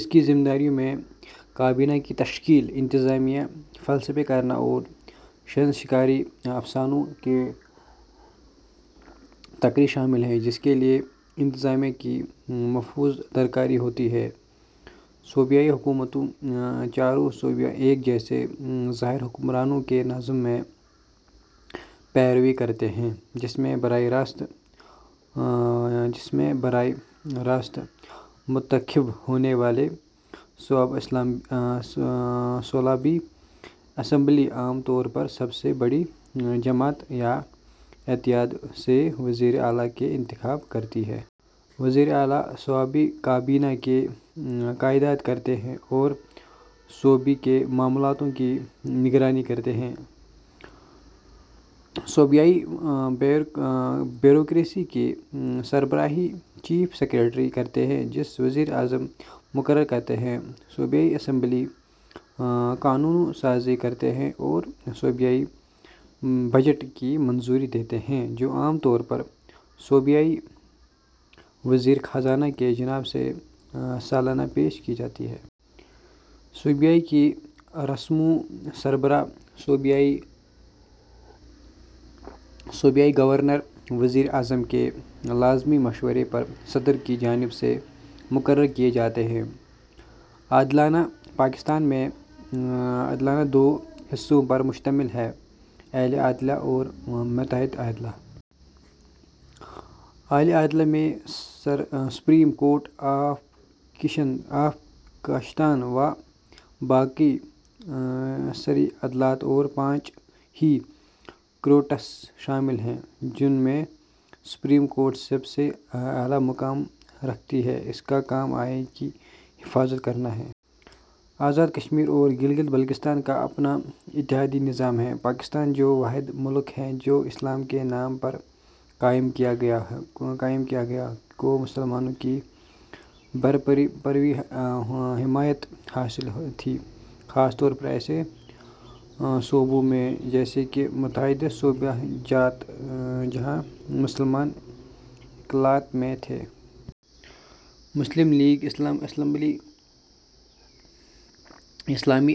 اس کی ذمہ داریوں میں کابینہ کی تشکیل، انتظامی فیصلے کرنا اور سینئر سرکاری افسران کی تقرری شامل ہے، جس کے لیے انتظامیہ کی منظوری درکار ہوتی ہے۔ صوبائی حکومتیں: چاروں صوبے ایک جیسے طرز حکمرانی کے نظام کی پیروی کرتے ہیں، جس میں براہ راست منتخب ہونے والی صوبائی اسمبلی، عام طور پر سب سے بڑی جماعت یا اتحاد سے وزیر اعلیٰ کا انتخاب کرتی ہے۔ وزرائے اعلیٰ صوبائی کابینہ کی قیادت کرتے ہیں اور صوبے کے معاملات کی نگرانی کرتے ہیں۔ صوبائی بیوروکریسی کی سربراہی چیف سیکرٹری کرتا ہے، جسے وزیر اعظم مقرر کرتے ہیں۔ صوبائی اسمبلیاں قانون سازی کرتی ہیں اور صوبائی بجٹ کی منظوری دیتی ہیں، جو عام طور پر صوبائی وزیر خزانہ کی جانب سے سالانہ پیش کیا جاتا ہے۔ صوبوں کے رسمی سربراہ، صوبائی گورنر، وزیر اعظم کے لازمی مشورے پر صدر کی جانب سے مقرر کیے جاتے ہیں۔ عدلیہ: پاکستان میں عدلیہ دو حصوں پر مشتمل ہے: اعلیٰ عدلیہ اور ماتحت عدلیہ۔ اعلیٰ عدلیہ میں سپریم کورٹ آف پاکستان، وفاقی شرعی عدالت اور پانچ ہائی کورٹس شامل ہیں، جن میں سپریم کورٹ سب سے اعلیٰ مقام رکھتی ہے۔ اس کا کام آئین کی حفاظت کرنا ہے۔ آزاد کشمیر اور گلگت بلتستان کا اپنا عدالتی نظام ہے۔ پاکستان، جو واحد ملک ہے جو اسلام کے نام پر قائم کیا گیا، کو مسلمانوں کی بھرپور حمایت حاصل تھی، خاص طور پر ایسے صوبوں میں جیسے کہ متحدہ صوبہ جات، جہاں مسلمان اقلیت میں تھے۔ مسلم لیگ، اسلامی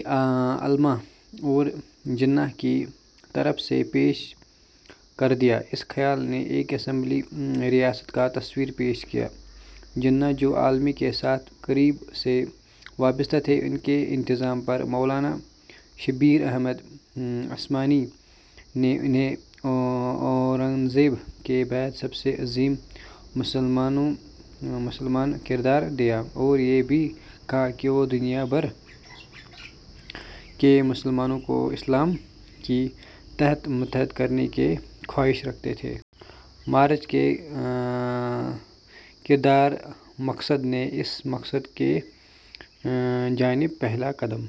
علما اور جناح کی طرف سے پیش کردہ اس خیال نے ایک اسلامی ریاست کا تصور پیش کیا۔ جناح، جو علما کے ساتھ قریب سے وابستہ تھے، ان کے انتقال پر مولانا شبیر احمد عثمانی نے انھیں اورنگزیب کے بعد سب سے عظیم مسلمان قرار دیا اور یہ بھی کہا کہ وہ دنیا بھر کے مسلمانوں کو اسلام کے تحت متحد کرنے کی خواہش رکھتے تھے۔ مارچ کی قراردادِ مقاصد نے اس مقصد کی جانب پہلا قدم۔